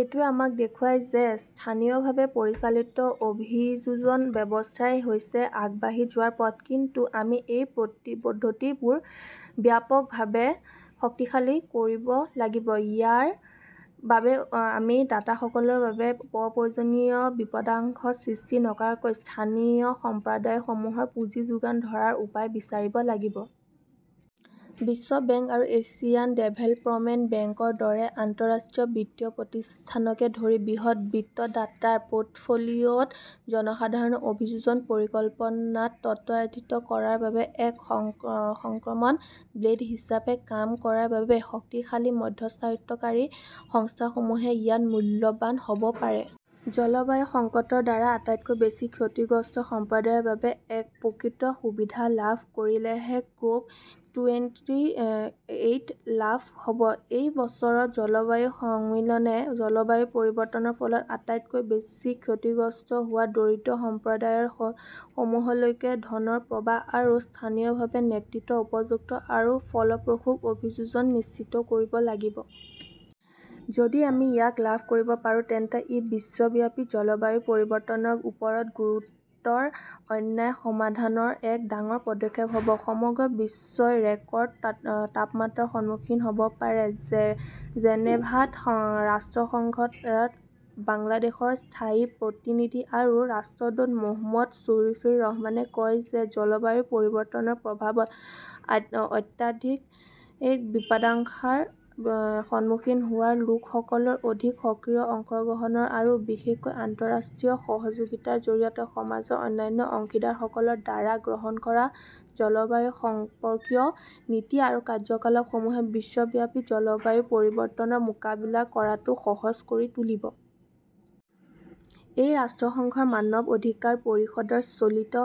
এইটোৱে আমাক দেখুৱায় যে স্থানীয়ভাৱে পৰিচালিত অভিযোজন ব্যৱস্থা হৈছে আগবাঢ়ি যোৱাৰ পথ। কিন্তু আমি এই পদ্ধতিবোৰ ব্যাপকভাৱে শক্তিশালী কৰিব লাগিব। ইয়াৰ বাবে আমি দাতাসকলৰ বাবে অপ্ৰয়োজনীয় বিপদাশংকা সৃষ্টি নকৰাকৈ স্থানীয় সম্প্ৰদায়সমূহক পুঁজি যোগান ধৰাৰ উপায় বিচাৰিব লাগিব। বিশ্ব বেংক আৰু এছিয়ান ডেভেলপমেণ্ট বেংকৰ দৰে আন্তঃৰাষ্ট্ৰীয় বিত্তীয় প্ৰতিষ্ঠানকে ধৰি বৃহৎ বিত্তদাতাৰ পৰ্টফোলিঅ'ত জনসাধাৰণৰ অভিযোজন পৰিকল্পনা ত্বৰান্বিত কৰাৰ বাবে এক সংক্ৰমণ বেল্ট হিচাপে কাম কৰাৰ বাবে শক্তিশালী মধ্যস্থতাকাৰী সংস্থাসমূহ ইয়াত মূল্যৱান হ'ব পাৰে। জলবায়ু সংকটৰ দ্বাৰা আটাইতকৈ বেছি ক্ষতিগ্ৰস্ত সম্প্ৰদায়ৰ বাবে প্ৰকৃত সুবিধা লাভ কৰিলেহে ক'প টুৱেন্টি এইট সফল হ'ব। এই বছৰৰ জলবায়ু সন্মিলনে জলবায়ু পৰিৱৰ্তনৰ ফলত আটাইতকৈ বেছি ক্ষতিগ্ৰস্ত হোৱা দৰিদ্ৰ সম্প্ৰদায় সমূহলৈলৈ ধনৰ প্ৰবাহ আৰু স্থানীয়ভাৱে নেতৃত্ব, উপযুক্ত আৰু ফলপ্ৰসূ অভিযোজন নিশ্চিত কৰিব লাগিব। যদি আমি ইয়াক লাভ কৰিব পাৰোঁ, তেন্তে ই বিশ্বব্যাপী জলবায়ু পৰিৱৰ্তনৰ ওপৰত গুৰুতৰ অন্যায় সমাধানৰ এক ডাঙৰ পদক্ষেপ হ'ব। সমগ্ৰ বিশ্বই ৰেকৰ্ড তাপমাত্ৰাৰ সন্মুখীন হ'ব পাৰে। জেনেভাত ৰাষ্ট্ৰসংঘত বাংলাদেশৰ স্থায়ী প্ৰতিনিধি আৰু ৰাষ্ট্ৰদূত মোহাম্মদ সুফিউৰ ৰহমানে কয়, জলবায়ু পৰিৱৰ্তনৰ প্ৰভাৱত অত্যাধিক বিপদাশংকাৰ সন্মুখীন হোৱা লোকসকলৰ অধিক সক্ৰিয় অংশগ্ৰহণ আৰু বিশেষকৈ আন্তঃৰাষ্ট্ৰীয় সহযোগিতাৰ জৰিয়তে সমাজৰ অন্যান্য অংশীদাৰসকলৰ দ্বাৰা গ্ৰহণ কৰা জলবায়ু সম্পৰ্কীয় নীতি আৰু কাৰ্যকলাপসমূহে বিশ্বব্যাপী জলবায়ু পৰিৱৰ্তনৰ মোকাবিলা কৰাটো সহজ কৰি তুলিব। তেওঁ ৰাষ্ট্ৰসংঘৰ মানৱ অধিকাৰ পৰিষদৰ চলিত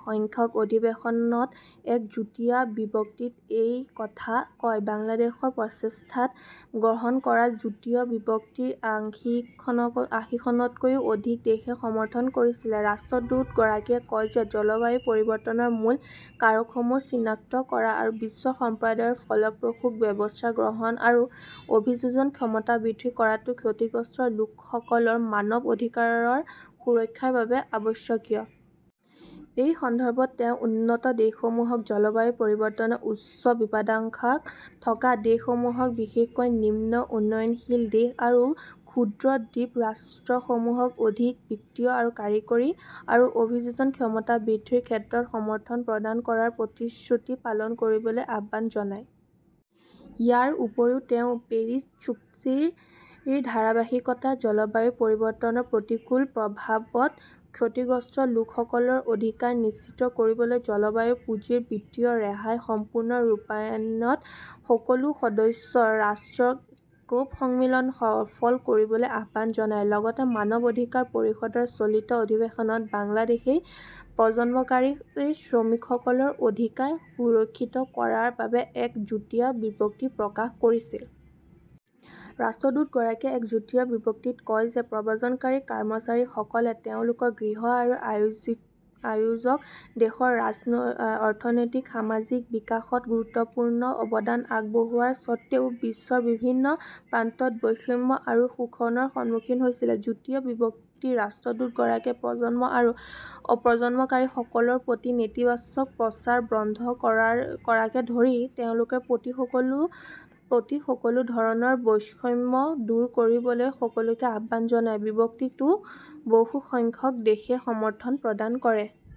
সংখ্যক অধিৱেশনত এক যুটীয়া বিবৃতিত এই কথা কয়। বাংলাদেশৰ প্ৰচেষ্টাত গ্ৰহণ কৰা যুটীয়া বিবৃতিক আঁশীখনতকৈও অধিক দেশে সমৰ্থন কৰিছে। ৰাষ্ট্ৰদূতগৰাকীয়ে কয় যে, জলবায়ু পৰিৱৰ্তনৰ মূল কাৰকসমূহ চিনাক্ত কৰা, বিশ্ব সম্প্ৰদায়ৰ ফলপ্ৰসূ ব্যৱস্থা গ্ৰহণ আৰু অভিযোজন ক্ষমতা বৃদ্ধি কৰাটো ক্ষতিগ্ৰস্ত লোকসকলৰ মানৱ অধিকাৰৰ সুৰক্ষাৰ বাবে অত্যাৱশ্যকীয়। এই সন্দৰ্ভত তেওঁ উন্নত দেশসমূহক জলবায়ু পৰিৱৰ্তনৰ উচ্চ বিপদাশংকা থকা দেশসমূহক বিশেষকৈ নিম্ন উন্নয়নশীল দেশ আৰু ক্ষুদ্ৰ দ্বীপ ৰাষ্ট্ৰসমূহক অধিক বিত্তীয়, কাৰিকৰী আৰু অভিযোজন ক্ষমতা বৃদ্ধিৰ ক্ষেত্ৰত সমৰ্থন প্ৰদান কৰাৰ প্ৰতিশ্ৰুতি পালন কৰিবলৈ আহ্বান জনায়। ইয়াৰ উপৰিও তেওঁ পেৰিছ চুক্তিৰ ধাৰাবাহিকতাত জলবায়ু পৰিৱৰ্তনৰ প্ৰতিকূল প্ৰভাৱত ক্ষতিগ্ৰস্ত লোকসকলৰ অধিকাৰ নিশ্চিত কৰিবলৈ জলবায়ু পুঁজিৰ বিত্তীয় ৰেহাইৰ সম্পূৰ্ণ ৰূপায়ণত সকলো সদস্য ৰাষ্ট্ৰক ক'প সন্মিলন সফল কৰিবলৈ আহ্বান জনায়। লগতে মানৱ অধিকাৰ পৰিষদৰ চলিত অধিৱেশনত বাংলাদেশই প্ৰব্ৰজনকাৰী শ্ৰমিকসকলৰ অধিকাৰ সুৰক্ষিত কৰাৰ বাবে এক যুটীয়া বিবৃতি প্ৰকাশ কৰিছিল। ৰাষ্ট্ৰদূতগৰাকীয়ে এক যুটীয়া বিবৃতিত কয় যে প্ৰব্ৰজনকাৰী কৰ্মচাৰীসকলে তেওঁলোকৰ গৃহ আৰু আয়োজক দেশৰ অৰ্থনৈতিক-সামাজিক বিকাশত গুৰুত্বপূৰ্ণ অৱদান আগবঢ়োৱাৰ সত্ত্বেও বিশ্বৰ বিভিন্ন প্ৰান্তত বৈষম্য আৰু শোষণৰ সন্মুখীন হৈছে। যুটীয়া বিবৃতিত ৰাষ্ট্ৰদূতগৰাকীয়ে প্ৰব্ৰজন আৰু প্ৰব্ৰজনকাৰীসকলৰ প্ৰতি নেতিবাচক প্ৰচাৰ বন্ধ কৰাকে ধৰি তেওঁলোকৰ প্ৰতি সকলো ধৰণৰ বৈষম্য দূৰ কৰিবলৈ সকলোকে আহ্বান জনায়। বিবৃতিটোকো বহুসংখ্যক দেশে সমৰ্থন প্ৰদান কৰে।